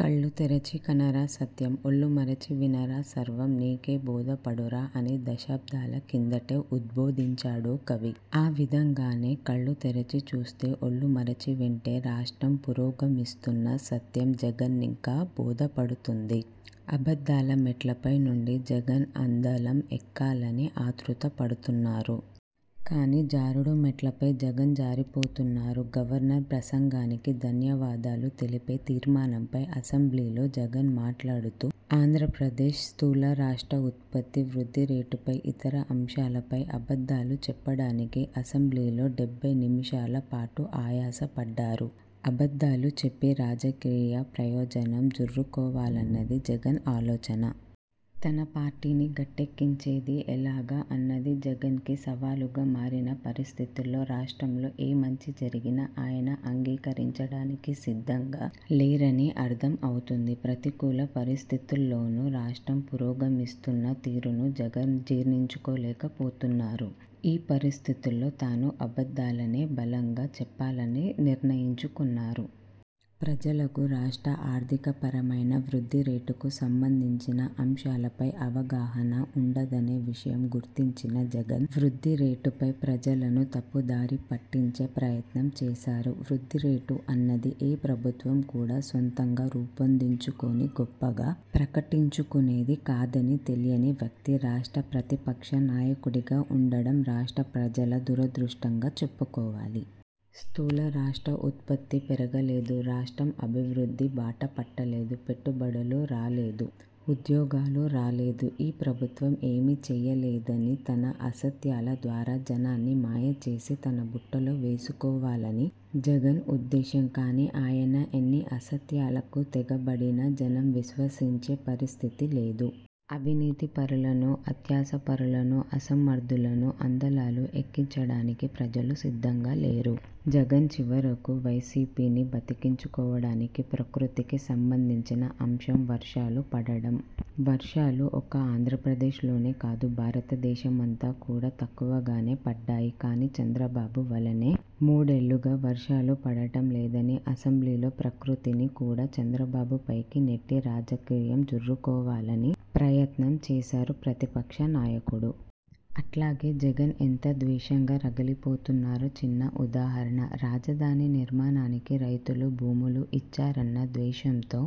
కళ్ళు తెరచి కనరా సత్యం, ఒళ్లు మరిచి వినరా సర్వం నీకే బోధపడురా అని దశాబ్దాల కిందటే ఉద్బోధించాడో కవి. ఆ విధంగానే కళ్ళు తెరిచి చూస్తే, ఒళ్లు మరిచి వింటే రాష్ట్రం పురోగమిస్తున్న సత్యం జగన్ని బోధపడుతుంది. అబద్ధాల మెట్లపై నుంచి జగన్ అందలం ఎక్కాలని ఆతృతపడుతున్నారు. కానీ జారుడు మెట్లపై జగన్ జారిపోతున్నారు. గవర్నర్ ప్రసంగానికి ధన్యవాదాలు తెలిపే తీర్మానంపై అసెంబ్లీలో జగన్ మాట్లాడుతూ ఆంధ్రప్రదేశ్ స్థూల రాష్ట్ర ఉత్పత్తి వృద్ధిరేటుపై, ఇతర అంశాలపై అబద్ధాలు చెప్పడానికి అసెంబ్లీలో డెబ్బై నిమిషాల పాటు ఆయాసపడ్డారు. అబద్ధాలు చెప్పి రాజకీయ ప్రయోజనం జుర్రుకోవాలన్నది జగన్ ఆలోచన. తన పార్టీని గట్టెక్కించేది ఎలాగా అన్నది జగన్కి సవాలుగా మారిన పరిస్థితుల్లో రాష్ట్రంలో ఏ మంచి జరిగినా ఆయన అంగీకరించడానికి సిద్ధంగా లేరని అర్థం అవుతుంది. ప్రతికూల పరిస్థితుల్లోనూ రాష్ట్రం పురోగమిస్తున్న తీరును జగన్ జీర్ణించుకోలేకపోతున్నారు. ఈ పరిస్థితుల్లో తాను అబద్ధాలనే బలంగా చెప్పాలని నిర్ణయించుకున్నారు. ప్రజలకు రాష్ట్ర ఆర్థికపరమైన, వృద్ధి రేటుకు సంబంధించిన అంశాలపై అవగాహన వుండదనే విషయం గుర్తించిన జగన్, వృద్ధిరేటుపై ప్రజలను తప్పుదారి పట్టించే ప్రయత్నం చేశారు. వృద్ధిరేటు అన్నది ఏ ప్రభుత్వం కూడా సొంతంగా రూపొందించుకొని గొప్పగా ప్రకటించుకునేది కాదని తెలియని వ్యక్తి రాష్ట్ర ప్రతిపక్ష నాయకుడిగా వుండటం రాష్ట్ర ప్రజల దురదృష్టంగా చెప్పుకోవాలి. స్థూల రాష్ట్ర ఉత్పత్తి పెరగలేదు, రాష్ట్రం అభివృద్ధి బాట పట్టలేదు, పెట్టుబడులు రాలేదు, ఉద్యోగాలు రాలేదు, ఈ ప్రభుత్వం ఏమీ చేయలేదని తన అసత్యాల ద్వారా జనాన్ని మాయచేసి తన బుట్టలో వేసుకోవాలని జగన్ ఉద్దేశం. కానీ ఆయన ఎన్ని అసత్యాలకు తెగబడినా జనం విశ్వసించే పరిస్థితి లేదు. అవినీతిపరులను, అత్యాసపరులను, అసమర్థులను అందలాలు ఎక్కించడానికి ప్రజలు సిద్ధంగా లేరు. జగన్ చివరకు వైసీపీని బతికించుకోడానికి ప్రకృతికి సంబంధించిన అంశం వర్షాలు పడటం. వర్షాలు ఒక్క ఆంధ్రప్రదేశ్లోనే కాదు భారతదేశమంతా కూడా తక్కువగానే పడ్డాయి. కానీ చంద్రబాబు వల్లనే మూడేళ్లుగా వర్షాలు పడటం లేదని అసెంబ్లీలో ప్రకృతిని కూడా చంద్రబాబుపైకి నెట్టి రాజకీయం జుర్రుకోవాలని ప్రయత్నం చేశారు ప్రతిపక్ష నాయకుడు. అట్లాగే జగన్ ఎంత ద్వేషంగా రగిలిపోతున్నారో చిన్న ఉదాహరణ. రాజధాని నిర్మాణానికి రైతులు భూములు ఇచ్చారన్న ద్వేషంతో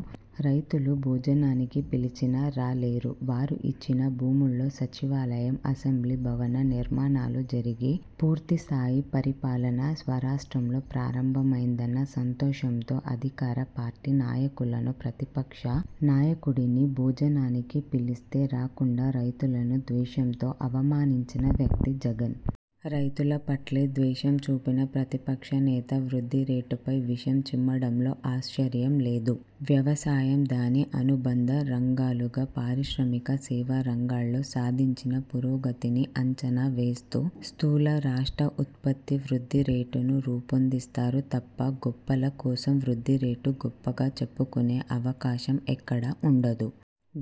రైతులు భోజనానికి పిలిచినా రాలేరు. వారు ఇచ్చిన భూముల్లో సచివాలయం, అసెంబ్లీ భవన నిర్మాణాలు జరిగి పూర్తిస్థాయి పరిపాలన స్వరాష్ట్రంలో ప్రారంభమైందన్న సంతోషంతో అధికార పార్టీ నాయకులను, ప్రతిపక్ష నాయకుడిని భోజనానికి పిలిస్తే రాకుండా రైతులను ద్వేషంతో అవమానించిన వ్యక్తి జగన్. రైతుల పట్లే ద్వేషం చూపిన ప్రతిపక్షనేత వృద్ధిరేటుపై విషం చిమ్మడంలో ఆశ్చర్యం లేదు. వ్యవసాయం దాని అనుబంధ రంగాలుగా, పారిశ్రామిక, సేవా రంగాల్లో సాధించిన పురోగతిని అంచనా వేస్తూ స్థూల రాష్ట్ర ఉత్పత్తి వృద్ధిరేటును రూపొందిస్తారు తప్ప గొప్పల కోసం వృద్ధిరేటు గొప్పగా చెప్పుకునే అవకాశం ఎక్కడా వుండదు.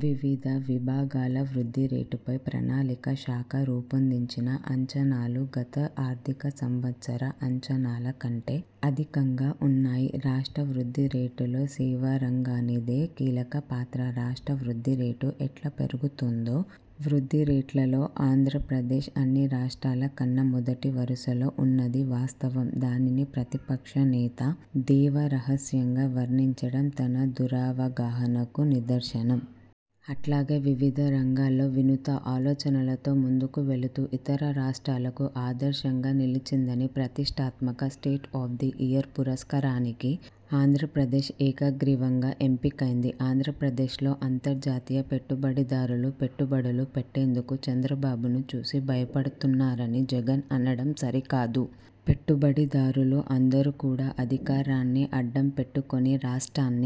వివిధ విభాగాల వృద్ధిరేటుపై ప్రణాళిక శాఖ రూపొందించిన అంచనాలు గత ఆర్థిక సంవత్సర అంచనాల కంటే అధికంగా వున్నాయి. రాష్ట్ర వృద్ధిరేటులో సేవారంగానిదే కీలకపాత్ర. రాష్ట్ర వృద్ధిరేటు ఎట్లా పెరుగుతుందో వృద్ధిరేట్లలో ఆంధ్రప్రదేశ్ అన్నిరాష్ట్రాల కన్నా మొదటి వరుసలో వున్నది వాస్తవం. దానిని ప్రతిపక్ష నేత దేవ రహస్యంగా వర్ణించడం తన దురవగాహనకు నిదర్శనం. అట్లాగే వివిధ రంగాలలో వినూత ఆలోచనలతో ముందుకు వెళుతూ ఇతర రాష్ట్రాలకు ఆదర్శంగా నిలిచిందని ప్రతిష్టాత్మక state of the year పురస్కారానికి Andhra Pradesh ఏకగ్రీవంగా ఎంపికైంది. ఆంధ్రప్రదేశ్లో అంతర్జాతీయ పెట్టుబడిదారులు పెట్టుబడులు పెట్టేందుకు చంద్రబాబును చూసి భయపడుతున్నారని జగన్ అనటం సరికాదు. పెట్టుబడిదారులు అందరూ కూడా అధికారాన్ని అడ్డం పెట్టుకొని రాష్ట్రాన్ని